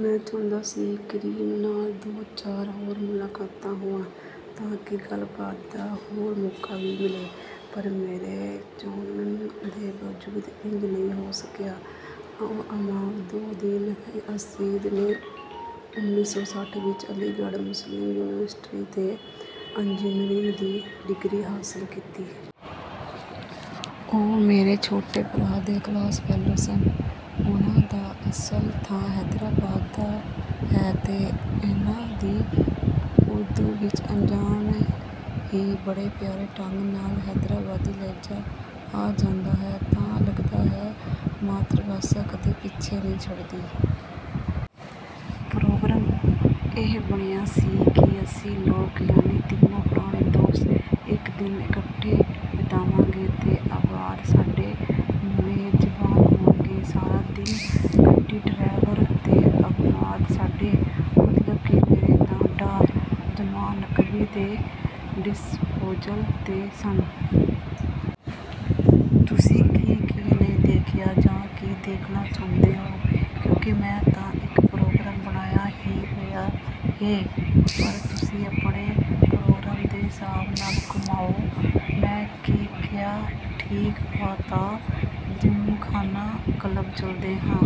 ਮੈਂ ਚਾਹੁੰਦਾ ਸੀ ਕਰੀਮ ਨਾਲ ਦੋ-ਚਾਰ ਹੋਰ ਮੁਲਾਕਾਤਾਂ ਹੋਣ, ਤਾਂ ਕਿ ਗੱਲਬਾਤ ਦਾ ਹੋਰ ਮੌਕਾ ਵੀ ਮਿਲੇ। ਪਰ ਮੇਰੇ ਚਾਹੁਣ ਦੇ ਬਾਵਜੂਦ ਇੰਜ ਨਹੀਂ ਹੋ ਸਕਿਆ। ਅਮਾਦਉੱਦੀਨ ਸਈਦ ਨੇ ਉੱਨੀ ਸੌ ਸੱਠ ਵਿੱਚ ਅਲੀਗੜ੍ਹ ਮੁਸਲਿਮ ਯੂਨੀਵਰਸਿਟੀ ਤੋਂ ਇੰਜੀਨੀਅਰਿੰਗ ਦੀ ਡਿਗਰੀ ਹਾਸਲ ਕੀਤੀ। ਉਹ ਮੇਰੇ ਛੋਟੇ ਭਰਾ ਦੇ ਕਲਾਸ-ਫੈਲੋ ਸਨ। ਉਹਨਾਂ ਦਾ ਅਸਲ ਥਾਂ ਹੈਦਰਾਬਾਦ ਦਾ ਹੈ ਤੇ ਇਹਨਾਂ ਦੀ ਉਰਦੂ ਵਿੱਚ ਅਣਜਾਣੇ ਹੀ, ਬੜੇ ਪਿਆਰੇ ਢੰਗ ਨਾਲ, ਹੈਦਰਾਬਾਦੀ ਲਹਿਜ਼ਾ ਆ ਜਾਂਦਾ ਹੈ, ਤਾਂ ਲੱਗਦਾ ਹੈ ਮਾਤ੍ਰਭਾਸ਼ਾ ਕਦੀ ਪਿੱਛਾ ਨਹੀਂ ਛੱਡਦੀ। ਪ੍ਰੋਗਰਾਮ ਇਹ ਬਣਿਆ ਸੀ ਕਿ ਅਸੀਂ ਲੋਕ, ਯਾਨੀ ਤਿੰਨੇ ਪੁਰਾਣੇ ਦੋਸਤ, ਇੱਕ ਦਿਨ ਇਕੱਠੇ ਬਿਤਾਵਾਂਗੇ ਤੇ ਅਮਾਦ ਸਾਡੇ ਮੇਜ਼ਬਾਨ ਹੋਣਗੇ। ਸਾਰਾ ਦਿਨ ਗੱਡੀ, ਡਰਾਈਵਰ ਤੇ ਅਮਾਦ ਸਾਡੇ, ਮਤਲਬ ਕਿ ਮੇਰੇ ਤੇ ਡਾ. ਜਮਾਲ ਨਕਵੀ ਦੇ, 'ਡਿਸਪੋਜ਼ਲ' 'ਤੇ ਸਨ। "ਤੁਸੀਂ ਕੀ-ਕੀ ਨਹੀਂ ਦੇਖਿਆ? ਜਾਂ ਕੀ ਦੇਖਣਾ ਚਾਹੁੰਦੇ ਓ? ਕਿਉਂਕਿ ਮੈਂ ਤਾਂ ਇੱਕ ਪ੍ਰੋਗਰਾਮ ਬਣਾਇਆ ਈ ਹੋਇਆ ਏ, ਪਰ...।" "ਤੁਸੀਂ ਆਪਣੇ ਪ੍ਰੋਗਰਾਮ ਦੇ ਹਿਸਾਬ ਨਾਲ ਘੁਮਾਓ...।" ਮੈਂ ਕਿਹਾ - ਠੀਕ ਐ, ਤਾਂ ਜ਼ਿਮਖ਼ਾਨਾ ਕਲੱਬ ਚਲਦੇ ਆਂ।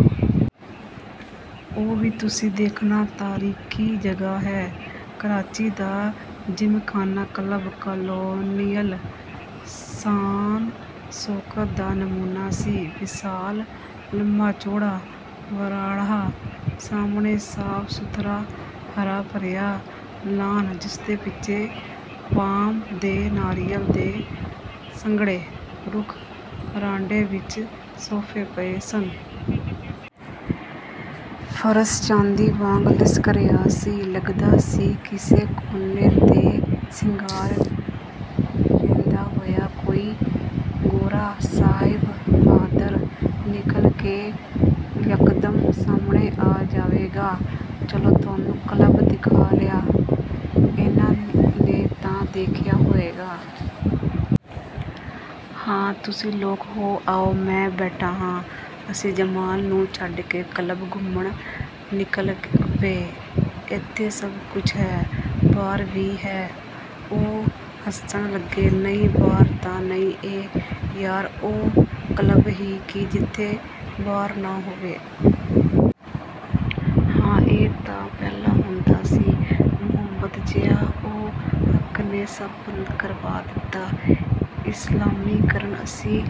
ਉਹ ਵੀ ਤੁਸੀਂ ਦੇਖਣਾ... ਤਾਰੀਖ਼ੀ ਜਗ੍ਹਾ ਏ।" ਕਰਾਚੀ ਦਾ ਜ਼ਿਮਖ਼ਾਨਾ ਕਲੱਬ 'ਕਾਲੋਨੀਅਲ' ਸ਼ਾਨ-ਸ਼ੌਕਤ ਦਾ ਨਮੂਨਾ ਸੀ। ਵਿਸ਼ਾਲ, ਲੰਮਾ-ਚੌੜਾ ਵਰਾਂਡਾ... ਸਾਹਮਣੇ ਸਾਫ਼-ਸੁਥਰਾ, ਹਰਾ-ਭਰਿਆ ਲਾਨ, ਜਿਸਦੇ ਪਿੱਛੇ ਪਾਮ ਤੇ ਨਾਰੀਅਲ ਦੇ ਸੰਘਣੇ ਰੁੱਖ... ਵਰਾਂਡੇ ਵਿੱਚ ਸੋਫ਼ੇ ਪਏ ਸਨ... ਫ਼ਰਸ਼ ਚਾਂਦੀ ਵਾਂਗ ਲਿਸ਼ਕ ਰਿਹਾ ਸੀ। ਲੱਗਦਾ ਸੀ, ਕਿਸੇ ਕੋਨੇ ਤੋਂ ਸਿਗਾਰ ਪੀਂਦਾ ਹੋਇਆ ਕੋਈ ਗੋਰਾ ਸਾਹਿਬ ਬਹਾਦਰ ਨਿਕਲ ਕੇ ਯਕਦਮ ਸਾਹਮਣੇ ਆ ਜਾਵੇਗਾ...। "ਚਲੋ, ਤੁਹਾਨੂੰ ਕਲੱਬ ਦਿਖਾ ਲਿਆਂ... ਇਹਨਾਂ ਨੇ ਤਾਂ ਦੇਖਿਆ ਹੋਵੇਗਾ।" "ਹਾਂ, ਤੁਸੀਂ ਲੋਕ ਹੋ ਆਓ, ਮੈਂ ਬੈਠਾ ਆਂ।" ਅਸੀਂ ਜਮਾਲ ਨੂੰ ਛੱਡ ਕੇ ਕਲੱਬ ਘੁੰਮਣ ਨਿਕਲ ਪਏ। "ਇੱਥੇ ਸਭ ਕੁਝ ਹੈ...।" "ਬਾਰ ਵੀ ਹੈ?" ਉਹ ਹੱਸਣ ਲੱਗੇ। "ਨਹੀਂ, ਬਾਰ ਤਾਂ ਨਹੀਂ ਏ।" "ਯਾਰ, ਉਹ ਕਲੱਬ ਹੀ ਕੀ ਜਿੱਥੇ ਬਾਰ ਨਾ ਹੋਵੇ।" "ਹਾਂ, ਇਹ ਤਾਂ ਹੈ... ਪਹਿਲਾਂ ਹੁੰਦਾ ਸੀ... ਮੁਹੰਮਦ ਜ਼ਿਆ-ਉਲ-ਹੱਕ ਨੇ ਸਭ ਬੰਦ ਕਰਵਾ ਦਿੱਤਾ... ਇਸਲਾਮੀਕਰਨ।" ਅਸੀਂ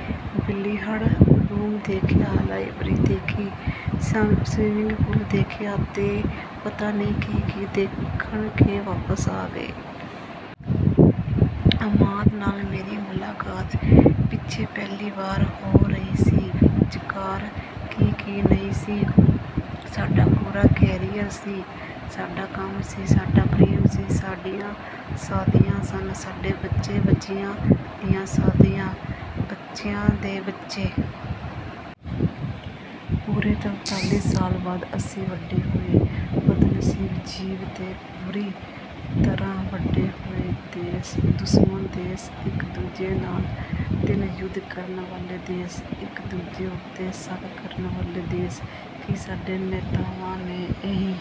ਬਿਲੀਅਰਡ ਰੂਮ ਦੇਖਿਆ, ਲਾਇਬ੍ਰੇਰੀ ਦੇਖੀ, ਸਵਿਮਿੰਗ ਪੂਲ ਦੇਖਿਆ ਤੇ ਪਤਾ ਨਹੀਂ ਕੀ-ਕੀ ਦੇਖ ਕੇ ਵਾਪਸ ਆ ਗਏ। ਅਮਾਦ ਨਾਲ ਮੇਰੀ ਮੁਲਾਕਾਤ ਪਿੱਛੋਂ ਪਹਿਲੀ ਵਾਰ ਹੋ ਰਹੀ ਸੀ। ਵਿਚਕਾਰ ਕੀ-ਕੀ ਨਹੀਂ ਸੀ। ਸਾਡਾ ਪੂਰਾ ਕੈਰੀਅਰ ਸੀ। ਸਾਡਾ ਕੰਮ ਸੀ... ਸਾਡਾ ਪ੍ਰੇਮ ਸੀ... ਸਾਡੀਆਂ ਸ਼ਾਦੀਆਂ ਸਨ... ਸਾਡੇ ਬੱਚੇ... ਬੱਚਿਆਂ ਦੀਆਂ ਸ਼ਾਦੀਆਂ... ਬੱਚਿਆਂ ਦੇ ਬੱਚੇ... ਪੂਰੇ ਤਰਤਾਲੀ ਸਾਲ ਬਾਅਦ... ਅਸੀਂ ਵੰਡੇ ਹੋਏ ਬਦਨਸੀਬ ਜੀਵ ਤੇ ਬੁਰੀ ਤਰ੍ਹਾਂ ਵੰਡੇ ਹੋਏ ਦੇਸ਼। ਦੁਸ਼ਮਣ ਦੇਸ਼। ਇੱਕ-ਦੂਜੇ ਨਾਲ ਤਿੰਨ ਯੁੱਧ ਕਰਨ ਵਾਲੇ ਦੇਸ਼... ਇੱਕ-ਦੂਜੇ ਉੱਤੇ ਸ਼ੱਕ ਕਰਨ ਵਾਲੇ ਦੇਸ਼... ਕੀ ਸਾਡੇ ਨੇਤਾਵਾਂ ਨੇ ਇਹੀ...